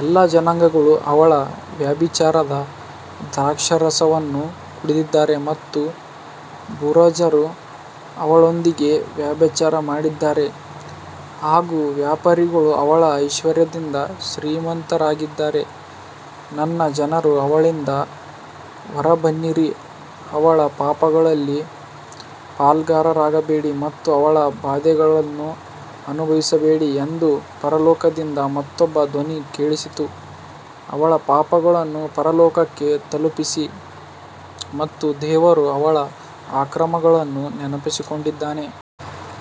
ಎಲ್ಲಾ ಜನಾಂಗಗಳು ಅವಳ ವ್ಯಭಿಚಾರದ ದ್ರಾಕ್ಷಾರಸವನ್ನು ಕುಡಿದಿದ್ದಾರೆ ಮತ್ತು ಭೂರಾಜರು ಅವಳೊಂದಿಗೆ ವ್ಯಭಿಚಾರ ಮಾಡಿದ್ದಾರೆ ಹಾಗೂ ವ್ಯಾಪಾರಿಗಳು ಅವಳ ಐಶ್ವರ್ಯದಿಂದ ಶ್ರೀಮಂತರಾಗಿದ್ದಾರೆ. ನನ್ನ ಜನರೇ ಅವಳಿಂದ ಹೊರಬನ್ನಿರಿ, ಅವಳ ಪಾಪಗಳಲ್ಲಿ ಪಾಲುಗಾರರಾಗಬೇಡಿ ಮತ್ತು ಅವಳ ಬಾಧೆಗಳನ್ನು ಅನುಭವಿಸಬೇಡಿ ಎಂದು ಪರಲೋಕದಿಂದ ಮತ್ತೊಂದು ಧ್ವನಿ ಕೇಳಿಸಿತು. ಅವಳ ಪಾಪಗಳು ಪರಲೋಕಕ್ಕೆ ತಲುಪಿವೆ ಮತ್ತು ದೇವರು ಅವಳ ಅಕ್ರಮಗಳನ್ನು ನೆನಪಿಸಿಕೊಂಡಿದ್ದಾನೆ.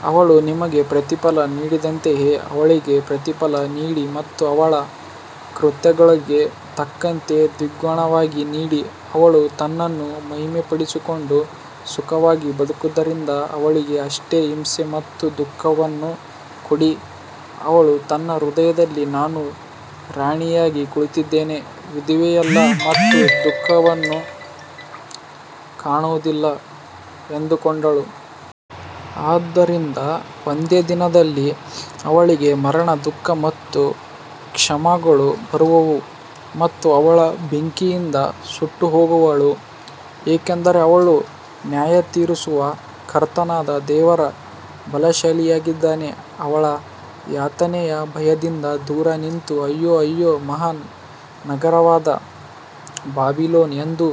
ಅವಳು ನಿಮಗೆ ಪ್ರತಿಫಲ ನೀಡಿದಂತೆಯೇ ಅವಳಿಗೆ ಪ್ರತಿಫಲ ನೀಡಿ ಮತ್ತು ಅವಳ ಕೃತ್ಯಗಳಿಗೆ ತಕ್ಕಂತೆ ದ್ವಿಗುಣವಾಗಿ ನೀಡಿ. ಅವಳು ತನ್ನನ್ನು ಮಹಿಮೆಪಡಿಸಿಕೊಂಡು ಸುಖವಾಗಿ ಬದುಕಿದ್ದರಿಂದ ಅವಳಿಗೆ ಅಷ್ಟೇ ಹಿಂಸೆ ಮತ್ತು ದುಃಖವನ್ನು ಕೊಡಿ. ಅವಳು ತನ್ನ ಹೃದಯದಲ್ಲಿ ನಾನು ರಾಣಿಯಾಗಿ ಕುಳಿತಿದ್ದೇನೆ, ವಿಧವೆಯಲ್ಲ ಮತ್ತು ದುಃಖವನ್ನು ಕಾಣುವುದಿಲ್ಲ ಎಂದುಕೊಂಡಳು. ಆದ್ದರಿಂದ ಒಂದೇ ದಿನದಲ್ಲಿ ಅವಳಿಗೆ ಮರಣ ದುಃಖ ಮತ್ತು ಕ್ಷಾಮಗಳು ಬರುವವು ಮತ್ತು ಅವಳು ಬೆಂಕಿಯಿಂದ ಸುಟ್ಟುಹೋಗುವಳು, ಏಕೆಂದರೆ ಅವಳನ್ನು ನ್ಯಾಯತೀರಿಸುವ ಕರ್ತನಾದ ದೇವರು ಬಲಶಾಲಿಯಾಗಿದ್ದಾನೆ. ಅವಳ ಯಾತನೆಯ ಭಯದಿಂದ ದೂರ ನಿಂತು ಅಯ್ಯೋ ಅಯ್ಯೋ ಮಹಾ ನಗರವಾದ ಬಾಬಿಲೋನ್ ಎಂದು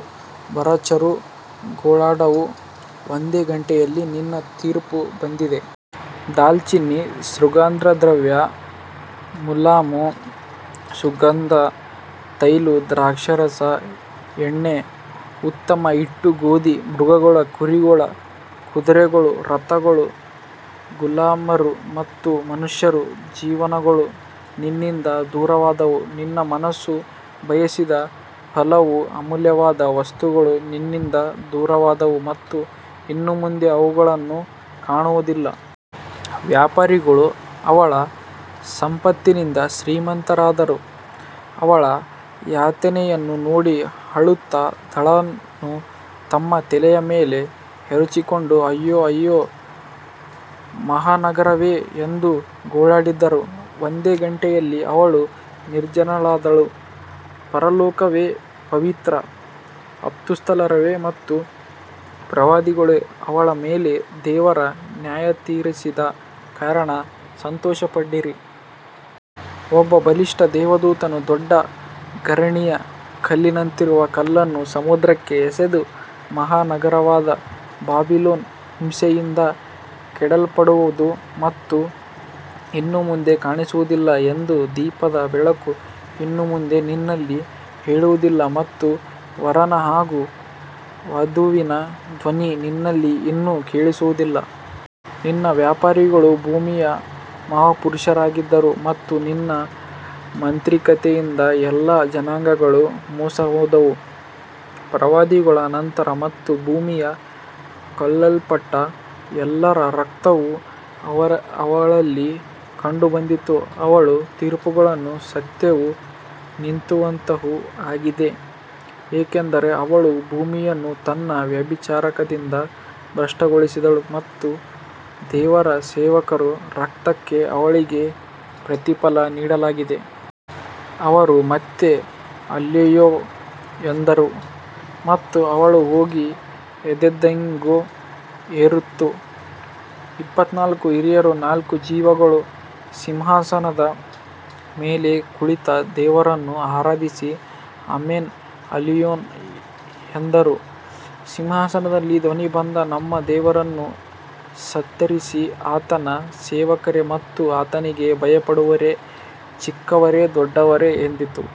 ಭೂರಾಜರು ಗೋಳಾಡುವರು. ಒಂದೇ ಗಂಟೆಯಲ್ಲಿ ನಿನ್ನ ತೀರ್ಪು ಬಂದಿದೆ. ದಾಲ್ಚಿನ್ನಿ ಸುಗಂಧದ್ರವ್ಯ ಮುಲಾಮು ಸುಗಂಧ ತೈಲ ದ್ರಾಕ್ಷಾರಸ ಎಣ್ಣೆ ಉತ್ತಮ ಹಿಟ್ಟು ಗೋಧಿ ಮೃಗಗಳು ಕುರಿಗಳು ಕುದುರೆಗಳು ರಥಗಳು ಗುಲಾಮರು ಮತ್ತು ಮನುಷ್ಯರ ಜೀವಗಳು ನಿನ್ನಿಂದ ದೂರವಾದವು. ನಿನ್ನ ಮನಸ್ಸು ಬಯಸಿದ ಫಲವೂ ಅಮೂಲ್ಯವಾದ ವಸ್ತುಗಳೂ ನಿನ್ನಿಂದ ದೂರವಾದವು ಮತ್ತು ಇನ್ನು ಮುಂದೆ ಅವುಗಳನ್ನು ಕಾಣುವುದಿಲ್ಲ. ವ್ಯಾಪಾರಿಗಳು ಅವಳ ಸಂಪತ್ತಿನಿಂದ ಶ್ರೀಮಂತರಾದವರು ಅವಳ ಯಾತನೆಯನ್ನು ನೋಡಿ ಅಳುತ್ತಾ ಧೂಳನ್ನು ತಮ್ಮ ತಲೆಯ ಮೇಲೆ ಎರಚಿಕೊಂಡು ಅಯ್ಯೋ ಅಯ್ಯೋ ಮಹಾನಗರವೇ ಎಂದು ಗೋಳಾಡಿದರು. ಒಂದೇ ಗಂಟೆಯಲ್ಲಿ ಅವಳು ನಿರ್ಜನಳಾದಳು. ಪರಲೋಕವೇ, ಪವಿತ್ರ ಅಪೊಸ್ತಲರೇ ಮತ್ತು ಪ್ರವಾದಿಗಳೇ, ಅವಳ ಮೇಲೆ ದೇವರು ನ್ಯಾಯತೀರಿಸಿದ ಕಾರಣ ಸಂತೋಷಪಡಿರಿ. ಒಬ್ಬ ಬಲಿಷ್ಠ ದೇವದೂತನು ದೊಡ್ಡ ಗಿರಣಿಯ ಕಲ್ಲಿನಂತಿರುವ ಕಲ್ಲನ್ನು ಸಮುದ್ರಕ್ಕೆ ಎಸೆದು, ಮಹಾ ನಗರವಾದ ಬಾಬಿಲೋನ್ ಹಿಂಸೆಯಿಂದ ಕೆಡವಲ್ಪಡುವುದು ಮತ್ತು ಇನ್ನು ಮುಂದೆ ಕಾಣಿಸುವುದಿಲ್ಲ ಎಂದನು. ದೀಪದ ಬೆಳಕು ಇನ್ನು ಮುಂದೆ ನಿನ್ನಲ್ಲಿ ಹೊಳೆಯುವುದಿಲ್ಲ ಮತ್ತು ವರನ ಹಾಗೂ ವಧುವಿನ ಧ್ವನಿ ನಿನ್ನಲ್ಲಿ ಇನ್ನು ಕೇಳಿಸುವುದಿಲ್ಲ. ನಿನ್ನ ವ್ಯಾಪಾರಿಗಳು ಭೂಮಿಯ ಮಹಾಪುರುಷರಾಗಿದ್ದರು ಮತ್ತು ನಿನ್ನ ಮಾಂತ್ರಿಕತೆಯಿಂದ ಎಲ್ಲಾ ಜನಾಂಗಗಳು ಮೋಸಹೋದವು. ಪ್ರವಾದಿಗಳ ಸಂತರ ಮತ್ತು ಭೂಮಿಯಲ್ಲಿ ಕೊಲ್ಲಲ್ಪಟ್ಟ ಎಲ್ಲರ ರಕ್ತವು ಅವಳಲ್ಲಿ ಕಂಡುಬಂದಿತು. ಅವಳ ತೀರ್ಪುಗಳು ಸತ್ಯವೂ ನೀತಿವಂತವೂ ಆಗಿವೆ, ಏಕೆಂದರೆ ಅವಳು ಭೂಮಿಯನ್ನು ತನ್ನ ವ್ಯಭಿಚಾರದಿಂದ ಭ್ರಷ್ಟಗೊಳಿಸಿದ್ದಳು ಮತ್ತು ದೇವರ ಸೇವಕರ ರಕ್ತಕ್ಕೆ ಅವಳಿಗೆ ಪ್ರತಿಫಲ ನೀಡಲಾಗಿದೆ. ಅವರು ಮತ್ತೆ ಅಲ್ಲೆಲೂಯಾ ಎಂದರು ಮತ್ತು ಅವಳ ಹೊಗೆ ಎಂದೆಂದಿಗೂ ಏರುತ್ತಿತ್ತು. ಇಪ್ಪತ್ತನಾಲ್ಕು ಹಿರಿಯರೂ ನಾಲ್ಕು ಜೀವಿಗಳೂ ಸಿಂಹಾಸನದ ಮೇಲೆ ಕುಳಿತ ದೇವರನ್ನು ಆರಾಧಿಸಿ ಆಮೆನ್ ಅಲ್ಲೆಲೂಯಾ ಎಂದರು. ಸಿಂಹಾಸನದಿಂದ ಧ್ವನಿ ಬಂದು ನಮ್ಮ ದೇವರನ್ನು ಸ್ತುತಿಸಿರಿ, ಆತನ ಸೇವಕರೇ ಮತ್ತು ಆತನಿಗೆ ಭಯಪಡುವವರೇ, ಚಿಕ್ಕವರೇ ದೊಡ್ಡವರೇ ಎಂದಿತು.